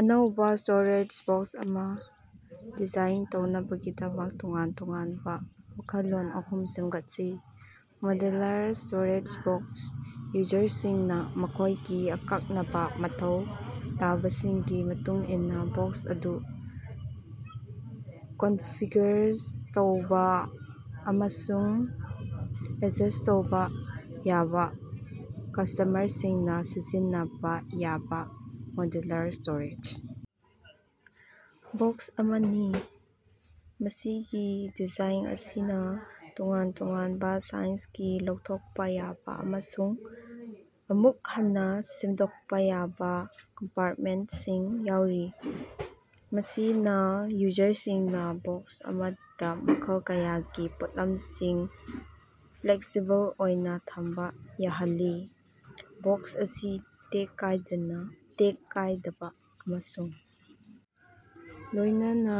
ꯑꯅꯧꯕꯥ storage box ꯑꯃꯥ design ꯇꯧꯅꯕꯒꯤꯗꯃꯛ ꯇꯣꯉꯥꯟ-ꯇꯣꯉꯥꯟꯕꯥ ꯋꯥꯈꯜꯂꯣꯟ ꯑꯍꯨꯝ ꯁꯦꯝꯒꯠꯁꯤ꯫ ꯃꯣꯗꯨꯂꯔ ꯁ꯭ꯇꯣꯔꯦꯖ ꯕꯣꯛꯁ: ꯌꯨꯖꯔꯁꯤꯡꯅꯥ ꯃꯈꯣꯏꯒꯤ ꯑꯀꯛꯅꯕꯥ ꯃꯊꯧ ꯇꯥꯕꯁꯤꯡꯒꯤ ꯃꯇꯨꯡ ꯏꯟꯅꯥ ꯕꯣꯛꯁ ꯑꯗꯨ ꯀꯟꯐꯤꯒꯔ ꯇꯧꯕꯥ ꯑꯃꯁꯨꯡ ꯑꯦꯠꯖꯁ ꯇꯧꯕꯥ ꯌꯥꯕꯥ ꯀꯁꯇꯃꯔꯁꯤꯡꯅꯥ ꯁꯤꯖꯤꯟꯅꯕꯥ ꯌꯥꯕꯥ, ꯃꯣꯗꯨꯂꯔ ꯁ꯭ꯇꯣꯔꯦꯖ ꯕꯣꯛꯁ ꯑꯃꯅꯤ꯫ ꯃꯁꯤꯒꯤ ꯗꯤꯖꯥꯏꯟ ꯑꯁꯤꯅꯥ ꯇꯣꯉꯥꯟ ꯇꯣꯉꯥꯟꯕꯥ ꯁꯥꯏꯖꯒꯤ ꯂꯧꯊꯣꯛꯄꯥ ꯌꯥꯕꯥ ꯑꯃꯁꯨꯡ ꯑꯃꯨꯛ ꯍꯟꯅꯥ ꯁꯦꯝꯗꯣꯛꯄꯥ ꯌꯥꯕꯥ ꯀꯝꯄꯥꯔꯇꯃꯦꯟꯇꯁꯤꯡ ꯌꯥꯎꯔꯤ, ꯃꯁꯤꯅꯥ ꯌꯨꯖꯔꯁꯤꯡꯅꯥ ꯕꯣꯛꯁ ꯑꯃꯗꯥ ꯃꯈꯜ ꯀꯌꯥꯒꯤ ꯄꯣꯠꯂꯝꯁꯤꯡ ꯐ꯭ꯂꯦꯛꯁꯤꯕꯜ ꯑꯣꯏꯅꯥ ꯊꯝꯕꯥ ꯌꯥꯍꯜꯂꯤ꯫ ꯕꯣꯛꯁ ꯑꯁꯤ ꯇꯦꯛ ꯀꯥꯏꯗꯕꯥ ꯑꯃꯁꯨꯡ ꯂꯣꯏꯅꯅ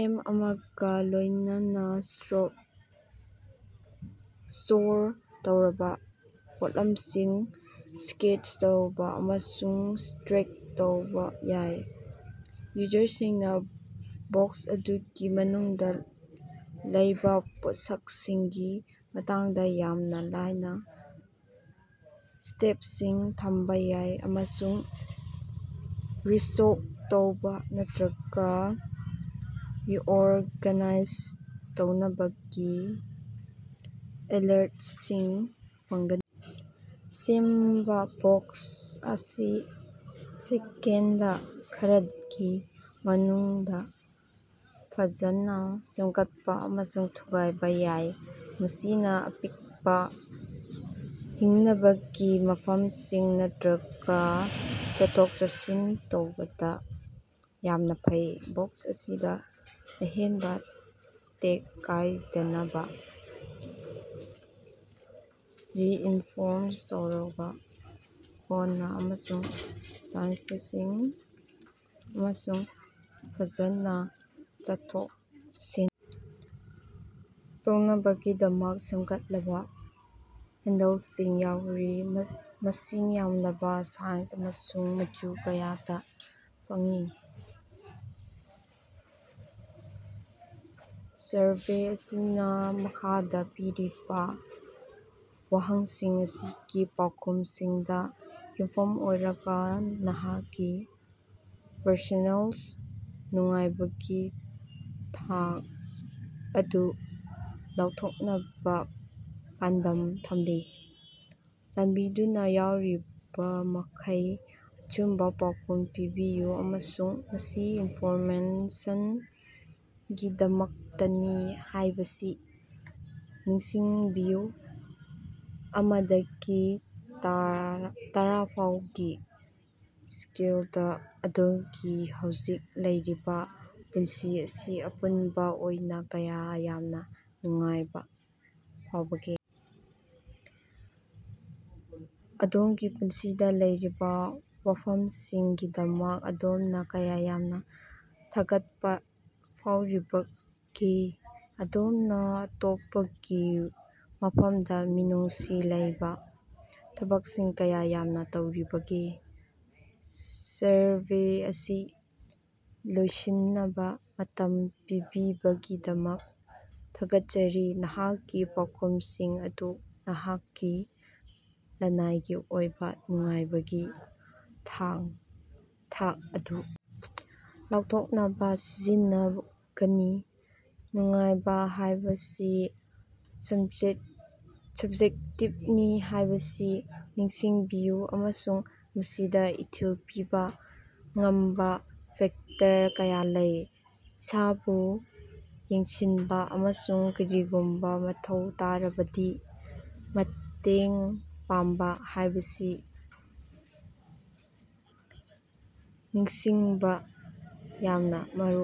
ꯑꯦꯞ ꯑꯃꯒꯥ ꯂꯣꯏꯅꯅꯥ ꯁ꯭ꯇꯣꯔ ꯇꯧꯔꯕꯥ ꯄꯣꯠꯂꯝꯁꯤꯡ ꯁ꯭ꯀꯦꯟ ꯇꯧꯕꯥ ꯑꯃꯁꯨꯡ ꯇ꯭ꯔꯦꯛ ꯇꯧꯕꯥ ꯌꯥꯏ꯫ ꯌꯨꯖꯔꯁꯤꯡꯅꯥ ꯕꯣꯛꯁ ꯑꯗꯨꯒꯤ ꯃꯅꯨꯡꯗꯥ ꯂꯩꯕꯥ ꯄꯣꯠꯁꯛꯁꯤꯡꯒꯤ ꯃꯇꯥꯡꯗꯥ ꯌꯥꯝꯅꯥ ꯂꯥꯏꯅꯥ ꯇꯦꯞꯁꯤꯡ ꯊꯝꯕꯥ ꯌꯥꯏ ꯑꯃꯁꯨꯡ ꯔꯤꯁ꯭ꯇꯣꯛ ꯇꯧꯕꯥ ꯅꯠꯇ꯭ꯔꯒꯥ ꯔꯤꯑꯣꯔꯒꯅꯥꯏꯖ ꯇꯧꯅꯕꯒꯤ ꯑꯦꯂꯔꯠꯁꯤꯡ ꯐꯪꯒꯅꯤ꯫ ꯁꯦꯝꯕꯥ ꯕꯣꯛꯁ ꯑꯁꯤ ꯁꯦꯀꯦꯟꯗ ꯈꯔꯒꯤ ꯃꯅꯨꯡꯗꯥ ꯐꯖꯅꯥ ꯁꯦꯝꯒꯠꯄꯥ ꯑꯃꯁꯨꯡ ꯊꯨꯒꯥꯏꯕꯥ ꯌꯥꯏ, ꯃꯁꯤꯅꯥ ꯑꯄꯤꯛꯄꯥ ꯍꯤꯡꯅꯕꯒꯤ ꯃꯐꯝꯁꯤꯡ ꯅꯠꯇ꯭ꯔꯒꯥ ꯆꯠꯊꯣꯛ-ꯆꯠꯁꯤꯟ ꯇꯧꯕꯗꯥ ꯌꯥꯝꯅꯥ ꯐꯩ꯫ ꯕꯣꯛꯁ ꯑꯁꯤꯗꯥ ꯑꯍꯦꯟꯕꯥ ꯇꯦꯛ ꯀꯥꯏꯗꯅꯕꯥ ꯔꯤꯏꯟꯐꯣꯔꯁ ꯇꯧꯔꯕꯥ ꯀꯣꯟꯅꯥ ꯑꯃꯁꯨꯡ ꯁꯥꯏꯗꯁꯤꯡ ꯑꯃꯁꯨꯡ ꯐꯖꯅꯥ ꯆꯠꯊꯣꯛ-ꯆꯠꯁꯤꯟ ꯇꯧꯅꯕꯒꯤꯗꯃꯛ ꯁꯦꯝꯒꯠꯂꯕꯥ ꯍꯦꯟꯗꯜꯁꯤꯡ ꯌꯥꯎꯔꯤ꯫ ꯃꯁꯤꯡ ꯌꯥꯝꯂꯕꯥ ꯁꯥꯏꯖ ꯑꯃꯁꯨꯡ ꯃꯆꯨ ꯀꯌꯥꯗꯥ ꯐꯪꯏ꯫ ꯁꯔꯚꯦ ꯑꯁꯤꯅꯥ ꯃꯈꯥꯗꯥ ꯄꯤꯔꯤꯕꯥ ꯋꯥꯍꯪꯁꯤꯡ ꯑꯁꯤꯒꯤ ꯄꯥꯎꯈꯨꯝꯁꯤꯡꯗꯥ ꯌꯨꯝꯐꯝ ꯑꯣꯏꯔꯒꯥ ꯅꯍꯥꯛꯀꯤ ꯄꯔꯁꯣꯅꯦꯜ ꯅꯨꯡꯉꯥꯏꯕꯒꯤ ꯊꯥꯛ ꯑꯗꯨ ꯂꯥꯎꯊꯣꯛꯅꯕꯥ ꯄꯥꯟꯗꯝ ꯊꯝꯂꯤ꯫ ꯆꯥꯟꯕꯤꯗꯨꯅꯥ ꯌꯥꯔꯤꯕꯃꯈꯩ ꯑꯆꯨꯝꯕꯥ ꯄꯥꯎꯈꯨꯝ ꯄꯤꯕꯤꯌꯨ, ꯑꯃꯁꯨꯡ ꯃꯁꯤ ꯏꯟꯐꯣꯔꯃꯦꯁꯟꯒꯤꯗꯃꯛꯇꯅꯤ ꯍꯥꯏꯕꯁꯤ ꯅꯤꯡꯁꯤꯡꯕꯤꯌꯨ꯫ ꯑꯃꯥꯗꯒꯤ ꯇꯔꯥꯐꯥꯎꯒꯤ ꯁ꯭ꯀꯦꯜꯗꯥ, ꯑꯗꯣꯝꯒꯤ ꯍꯧꯖꯤꯛ ꯂꯩꯔꯤꯕꯥ ꯄꯨꯟꯁꯤ ꯑꯁꯤ ꯑꯄꯨꯟꯕꯥ ꯑꯣꯏꯅꯥ ꯀꯌꯥ ꯌꯥꯝꯅꯥ ꯅꯨꯡꯉꯥꯏꯕꯥ ꯐꯥꯎꯕꯒꯦ? ꯑꯗꯣꯝꯒꯤ ꯄꯨꯟꯁꯤꯗꯥ ꯂꯩꯔꯤꯕꯥ ꯋꯥꯐꯝꯁꯤꯡꯒꯤꯗꯃꯛ ꯑꯗꯣꯝꯅꯥ ꯀꯌꯥ ꯌꯥꯝꯅꯥ ꯊꯥꯒꯠꯄꯥ ꯐꯥꯎꯔꯤꯕꯒꯦ? ꯑꯗꯣꯝꯅꯥ ꯑꯇꯣꯞꯄꯒꯤ ꯃꯐꯝꯗꯥ ꯃꯤꯅꯨꯡꯁꯤ ꯂꯩꯕꯥ ꯊꯕꯛꯁꯤꯡ ꯀꯌꯥ ꯌꯥꯝꯅꯥ ꯇꯧꯔꯤꯕꯒꯦ? ꯁꯔꯚꯦ ꯑꯁꯤ ꯂꯣꯏꯁꯤꯟꯅꯕꯥ ꯃꯇꯝ ꯄꯤꯕꯤꯕꯒꯤꯗꯃꯛ ꯊꯥꯒꯠꯆꯔꯤ꯫ ꯅꯍꯥꯛꯀꯤ ꯄꯥꯎꯈꯨꯝꯁꯤꯡ ꯑꯗꯨ ꯅꯍꯥꯛꯀꯤ ꯂꯅꯥꯏꯒꯤ ꯑꯣꯏꯕꯥ ꯅꯨꯡꯉꯥꯏꯕꯒꯤ ꯊꯥꯛ ꯑꯗꯨ ꯂꯥꯎꯊꯣꯛꯅꯕꯥ ꯁꯤꯖꯤꯟꯅꯒꯅꯤ꯫ ꯅꯨꯡꯉꯥꯏꯕꯥ ꯍꯥꯏꯕꯁꯤ ꯁꯞꯖꯦꯛꯇꯤꯞꯅꯤ ꯍꯥꯏꯕꯁꯤ ꯅꯤꯡꯁꯤꯡꯕꯤꯌꯨ ꯑꯃꯁꯨꯡ ꯃꯁꯤꯗꯥ ꯏꯊꯤꯜ ꯄꯤꯕꯥ ꯉꯝꯕꯥ ꯐꯦꯛꯇꯔ ꯀꯌꯥ ꯂꯩ꯫ ꯏꯁꯥꯕꯨ ꯌꯦꯡꯁꯤꯟꯕꯥ ꯑꯃꯁꯨꯡ ꯀꯔꯤꯒꯨꯝꯕꯥ ꯃꯊꯧ ꯇꯥꯔꯕꯗꯤ ꯃꯇꯦꯡ ꯄꯥꯡꯕꯥ ꯍꯥꯏꯕꯁꯤ ꯅꯤꯡꯁꯤꯡꯕꯥ ꯌꯥꯝꯅꯥ ꯃꯔꯨꯑꯣꯏ꯫